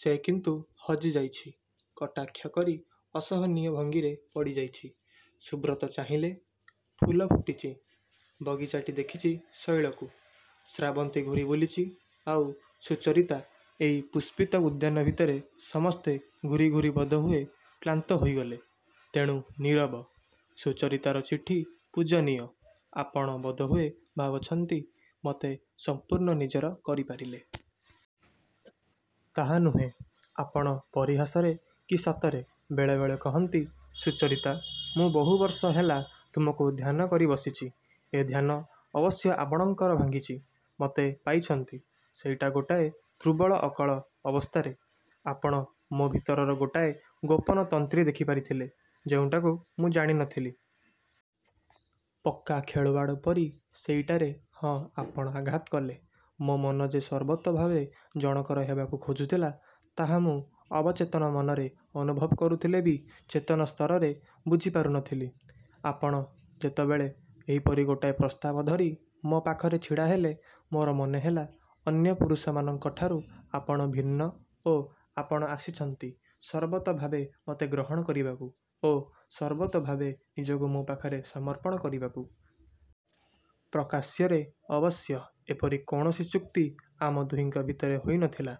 ସେ କିନ୍ତୁ ହଜିଯାଇଛି, କଟାକ୍ଷ କରି ଅସହନୀୟ ଭଙ୍ଗୀରେ ପଡ଼ିଯାଇଛି। ସୁବ୍ରତ ଚାହିଁଲେ। ଫୁଲ ଫୁଟିଛି। ବଗିଚାଟି ଦେଖିଛି ଶୈଳକୁ। ଶ୍ରାବନ୍ତୀ ଘୂରିବୁଲିଛି, ଆଉ ସୁଚରିତା… ଏଇ ପୁଷ୍ପିତ ଉଦ୍ୟାନ ଭିତରେ–ସମସ୍ତେ ଘୂରି ଘୂରି ବୋଧହୁଏ କ୍ଳାନ୍ତ ହୋଇଗଲେ–ତେଣୁ ନୀରବ। ସୁଚରିତାର ଚିଠି… ପୂଜନୀୟ! ଆପଣ ବୋଧହୁଏ ଭାବଛନ୍ତି ମତେ ସଂପୂର୍ଣ୍ଣ ନିଜର କରିପାରିଲେ। ତାହା ନୁହେଁ। ଆପଣ ପରିହାସରେ କି ସତରେ ବେଳେବେଳେ କହନ୍ତି-'ସୁଚରିତା, ମୁଁ ବହୁ ବର୍ଷ ହେଲା ତୁମକୁ ଧ୍ୟାନ କରି ବସିଛି। ' ଏ ଧ୍ୟାନ ଅବଶ୍ୟ ଆପଣଙ୍କର ଭାଙ୍ଗିଛି। ମତେ ପାଇଛନ୍ତି। ସେଇଟା ଗୋଟାଏ ଦୁର୍ବଳ ଅକଳ ଅବସ୍ଥାରେ। ଆପଣ ମୋ ଭିତରର ଗୋଟାଏ ଗୋପନ ତନ୍ତ୍ରୀ ଦେଖିପାରିଥିଲେ, ଯେଉଁଟାକୁ ମୁଁ ଜାଣିନଥିଲି। ପକ୍କା ଖେଳୱାଡ଼ ପରି ସେଇଟାରେ ହଁ ଆପଣ ଆଘାତ କଲେ। ମୋ ମନ ଯେ ସର୍ବତୋଭାବେ ଜଣକର ହେବାକୁ ଖୋଜୁଥିଲା, ତାହା ମୁଁ ଅବଚେତନ ମନରେ ଅନୁଭବ କରୁଥିଲେ ବି ଚେତନା ସ୍ତରରେ ବୁଝିପାରୁନଥିଲି। ଆପଣ ଯେତବେଳେ ଏହିପରି ଗୋଟାଏ ପ୍ରସ୍ତାବ ଧରି ମୋ ପାଖରେ ଛିଡ଼ାହେଲେ, ମୋର ମନେହେଲା ଅନ୍ୟ ପୁରୁଷମାନଙ୍କଠାରୁ ଆପଣ ଭିନ୍ନ ଓ ଆପଣ ଆସିଛନ୍ତି ସର୍ବତୋଭାବେ ମତେ ଗ୍ରହଣ କରିବାକୁ ଓ ସର୍ବତୋଭାବେ ନିଜକୁ ମୋ ପାଖରେ ସମର୍ପଣ କରିବାକୁ। ପ୍ରକାଶ୍ୟରେ ଅବଶ୍ୟ ଏପରି କୌଣସି ଚୁକ୍ତି ଆମ ଦୁହିଁଙ୍କ ଭିତରେ ହୋଇନଥିଲା।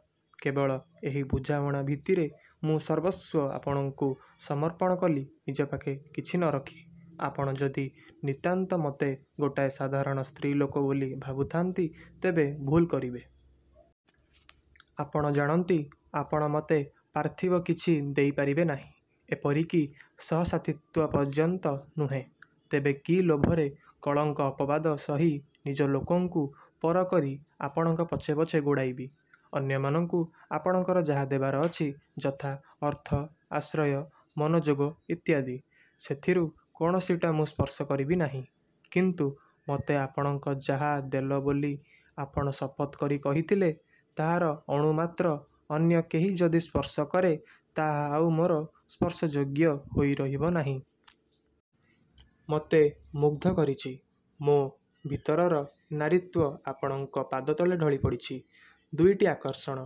କେବଳ ଏହି ବୁଝାମଣା ଭିତ୍ତିରେ ମୁଁ ସର୍ବସ୍ୱ ଆପଣଙ୍କୁ ସମର୍ପଣ କଲି ନିଜ ପାଖେ କିଛି ନରଖି। ଆପଣ ଯଦି ନିତାନ୍ତ ମତେ ଗୋଟାଏ ସାଧାରଣ ସ୍ତ୍ରୀଲୋକ ବୋଲି ଭାବୁଥାନ୍ତି, ତେବେ ଭୁଲ୍ କରିବେ। ଆପଣ ଜାଣନ୍ତି, ଆପଣ ମତେ ପାର୍ଥିବ କିଛି ଦେଇପାରିବେ ନାହିଁ। ଏପରିକି ସହସାଥିତ୍ଵ ପର୍ଯ୍ୟନ୍ତ ନୁହେଁ। ତେବେ କି ଲୋଭରେ କଳଙ୍କ ଅପବାଦ ସହି ନିଜ ଲୋକଙ୍କୁ ପରକରି ଆପଣଙ୍କ ପଛେ ପଛେ ଗୋଡ଼ାଇବି? ଅନ୍ୟମାନଙ୍କୁ ଆପଣଙ୍କର ଯାହା ଦେବାର ଅଛି, ଯଥା ଅର୍ଥ, ଆଶ୍ରୟ, ମନୋଯୋଗ ଇତ୍ୟାଦି… ସେଥିରୁ କୌଣସିଟା ମୁଁ ସ୍ପର୍ଶ କରିବିନାହିଁ; କିନ୍ତୁ ମୋତେ ଆପଣଙ୍କ ଯାହା ଦେଲବୋଲି ଆପଣ ଶପଥ କରି କହିଥିଲେ, ତାହାର ଅଣୁ ମାତ୍ର ଅନ୍ୟ କେହି ଯଦି ସ୍ପର୍ଶ କରେ, ତାହା ଆଉ ମୋର ସ୍ପର୍ଶଯୋଗ୍ୟ ହୋଇ ରହିବନାହିଁ। ମତେ ମୁଗ୍ଧ କରିଛି ଓ ମୋ ଭିତରର ନାରୀତ୍ୱ ଆପଣଙ୍କ ପାଦତଳେ ଢଳିପଡ଼ିଛି ଦୁଇଟି ଆକର୍ଷଣ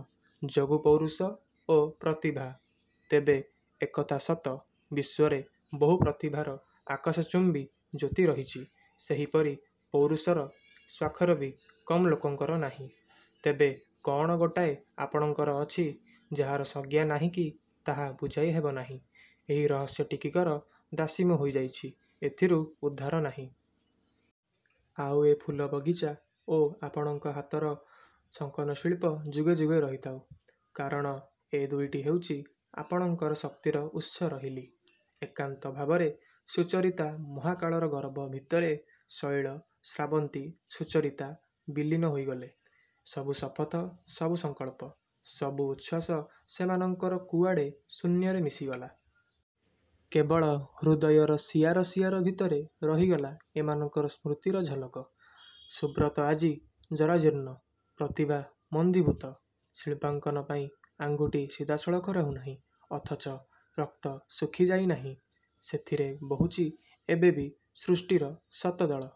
ଯୋଗୁ-ପୌରୁଷ ଓ ପ୍ରତିଭା। ତେବେ ଏକଥା ସତ, ବିଶ୍ୱରେ ବହୁ ପ୍ରତିଭାର ଆକାଶଚୁମ୍ୱୀ ଜ୍ୟୋତି ରହିଛି, ସେହିପରି ପୌରୁଷର ସ୍ୱାକ୍ଷର ବି କମ୍ ଲୋକଙ୍କର ନାହିଁ। ତେବେ କଅଣ ଗୋଟାଏ ଆପଣଙ୍କର ଅଛି, ଯାହାର ସଂଜ୍ଞା ନାହିଁ କି ତାହା ବୁଝାଇ ହେବନାହିଁ… ଏହି ରହସ୍ୟ ଟିକିକର ଦାସୀ ମୁଁ ହୋଇଯାଇଛି–ଏଥିରୁ ଉଦ୍ଧାର ନାହିଁ। ଆଉ ଏ ଫୁଲ ବଗିଚା ଓ ଆପଣଙ୍କ ହାତର ଅଙ୍କନଶିଳ୍ପ–ଯୁଗେ ଯୁଗେ ରହିଥାଉ; କାରଣ ଏ ଦୁଇଟି ହେଉଛି ଆପଣଙ୍କର ଶକ୍ତିର ଉତ୍ସ ରହିଲି। ଏକାନ୍ତ ଭାବରେ ସୁଚରିତା ମହାକାଳର ଗର୍ଭ ଭିତରେ ଶୈଳ, ଶ୍ରାବନ୍ତୀ, ସୁଚରିତା ବିଲୀନ ହୋଇଗଲେ। ସବୁ ଶପଥ, ସବୁ ସଂକଳ୍ପ, ସବୁ ଉଚ୍ଛ୍ୱାସ ସେମାନଙ୍କର କୁଆଡ଼େ ଶୂନ୍ୟରେ ମିଶିଗଲା। କେବଳ ହୃଦୟର ସିଆର ସିଆର ଭିତରେ ରହିଗଲା ଏମାନଙ୍କର ସ୍ମୃତିର ଝଲକ। ସୁବ୍ରତ ଆଜି ଜରାଜୀର୍ଣ୍ଣ। ପ୍ରତିଭା ମନ୍ଦୀଭୂତ। ଶିଳ୍ପାଙ୍କନ ପାଇଁ ଆଙ୍ଗୁଠି ସିଧା ସଳଖ ରହୁନାଇଁ; ଅଥଚ ରକ୍ତ ଶୁଖି ଯାଇ ନାହିଁ। ସେଥିରେ ବହୁଛି ଏବେ ବି ସୃଷ୍ଟିର ଶତଦଳ।